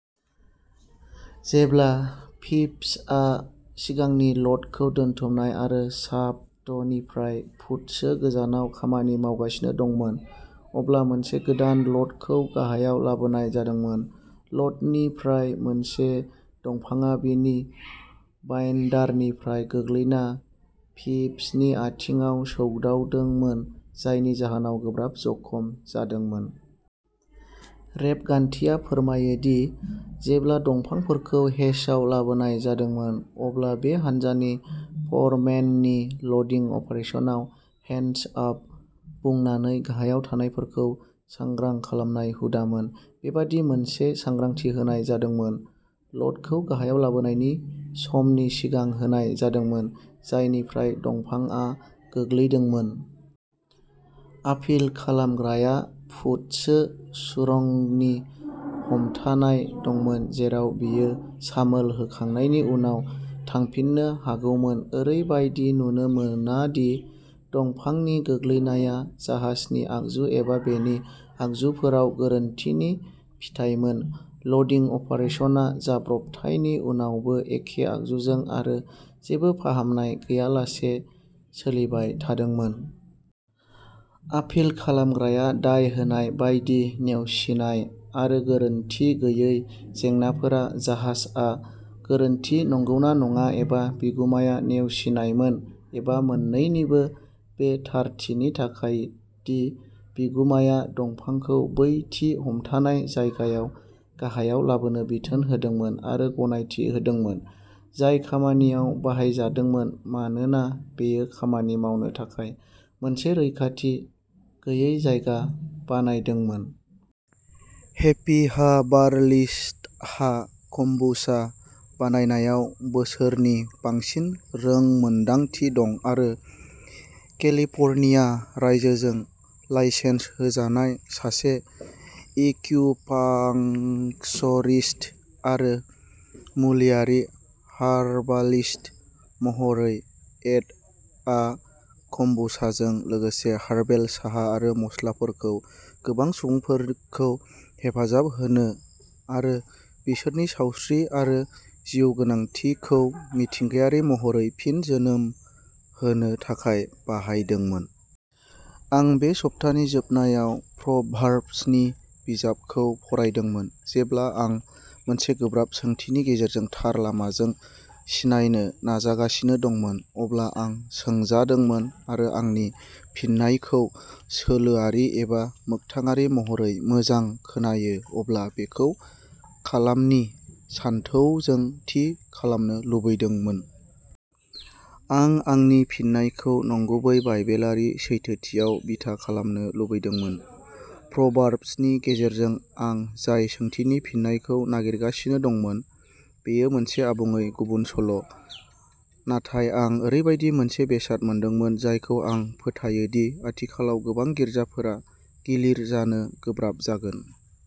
जेब्ला फिप्सआ सिगांनि ल'डखौ दोनथुमनाय आरो शाफ्टनिफ्राय फुटसो गोजानाव खामानि मावगासिनो दंमोन, अब्ला मोनसे गोदान ल'डखौ गाहायाव लाबोनाय जादोंमोन। ल'डनिफ्राय मोनसे दंफांआ बिनि बाइन्डारनिफ्राय गोग्लैना फिप्सनि आथिंआव सौदावदोंमोन, जायनि जाहोनाव गोब्राब जखम जादोंमोन। रेबगान्थिया फोरमायो दि जेब्ला दंफांफोरखौ हेचआव लाबोनाय जादोंमोन, अब्ला बे हानजानि फरमेननि ल'डिं अपारेशनाव "हेडस आप" बुंनानै गाहायाव थानायफोरखौ सांग्रां खालामनाय हुदामोन। बेबादि मोनसे सांग्रांथि होनाय जादोंमोन। ल'डखौ गाहायाव लाबोनायनि समनि सिगां होनाय जादोंमोन, जायनिफ्राय दंफांआ गोग्लैदोंमोन। आपिल खालामग्राया फुटसो सुरंगनि हमथानाय दंमोन, जेराव बियो सामोल होखांनायनि उनाव थांफिन्नो हागौमोन। ओरैबायदि नुनो मोना दि दंफांनि गोग्लैनाया जाहाजनि आगजु एबा बेनि आगजुफोराव गोरोन्थिनि फिथायमोन; ल'डिं अपारेशना जाब्रबथायनि उनावबो एखे आगजुजों आरो जेबो फाहामनाय गैयालासे सोलिबाय थादोंमोन। आपिल खालामग्राया दाय होनाय बायदि नेवसिनाय आरो गोरोनथि गैयै जेंनाफोरा जाहाजआ गोरोनथि नंगौना नङा एबा बिगुमाया नेवसिनायमोन, एबा मोन्नैनिबो, बे थारथिनि थाखाय दि बिगुमाया दंफांखौ बै थि हमथानाय जायगायाव गाहायाव लाबोनो बिथोन होदोंमोन आरो गनायथि होदोंमोन, जाय खामानियाव बाहायजादोंमोन, मानोना बेयो खामानि मावनो थाखाय मोनसे रैखाथि गैयै जायगा बानायदोंमोन। हेपिहार्बालिस्टहा कम्बुचा बानायनायाव बोसोरनि बांसिन रोंमोन्दांथि दं आरो केलिफर्निया रायजोजों लाइसेन्स होजानाय सासे एक्युपांक्चरिस्ट आरो मुलियारि हार्बालिस्ट महरै एडआ कम्बुचाजों लोगोसे हार्बेल साहा आरो मस्लाफोरखौ गोबां सुबुंफोरखौ हेफाजाब होनो आरो बिसोरनि सावस्रि आरो जिउगोनांथिखौ मिथिंगायारि महरै फिन जोनोम होनो थाखाय बाहायदोंमोन। आं बे सप्तानि जोबनायाव प्र'भार्ब्सनि बिजाबखौ फरायदोंमोन। जेब्ला आं मोनसे गोब्राब सोंथिनि गेजेरजों थार लामाजों सिनायनो नाजागासिनो दंमोन, अब्ला आं सोंजादोंमोन आरो आंनि फिननायखौ सोलोआरि एबा मोगथाङारि महरै "मोजां खोनायो, अब्ला बेखौ खालामनि" सानथौजों थि खालामनो लुबैदोंमोन। आं आंनि फिननायखौ नंगुबै, बाइबेलारि सैथोथियाव बिथा खालामनो लुबैदोंमोन। प्र'भार्ब्सनि गेजेरजों आं जाय सोंथिनि फिननायखौ नागिरगासिनो दंमोन, बेयो मोनसे आबुङै गुबुन सल'। नाथाय, आं ओरैबायदि मोनसे बेसाद मोनदोंमोन जायखौ आं फोथायो दि आथिखालाव गोबां गिर्जाफोरा गिलिर जानो गोब्राब जागोन।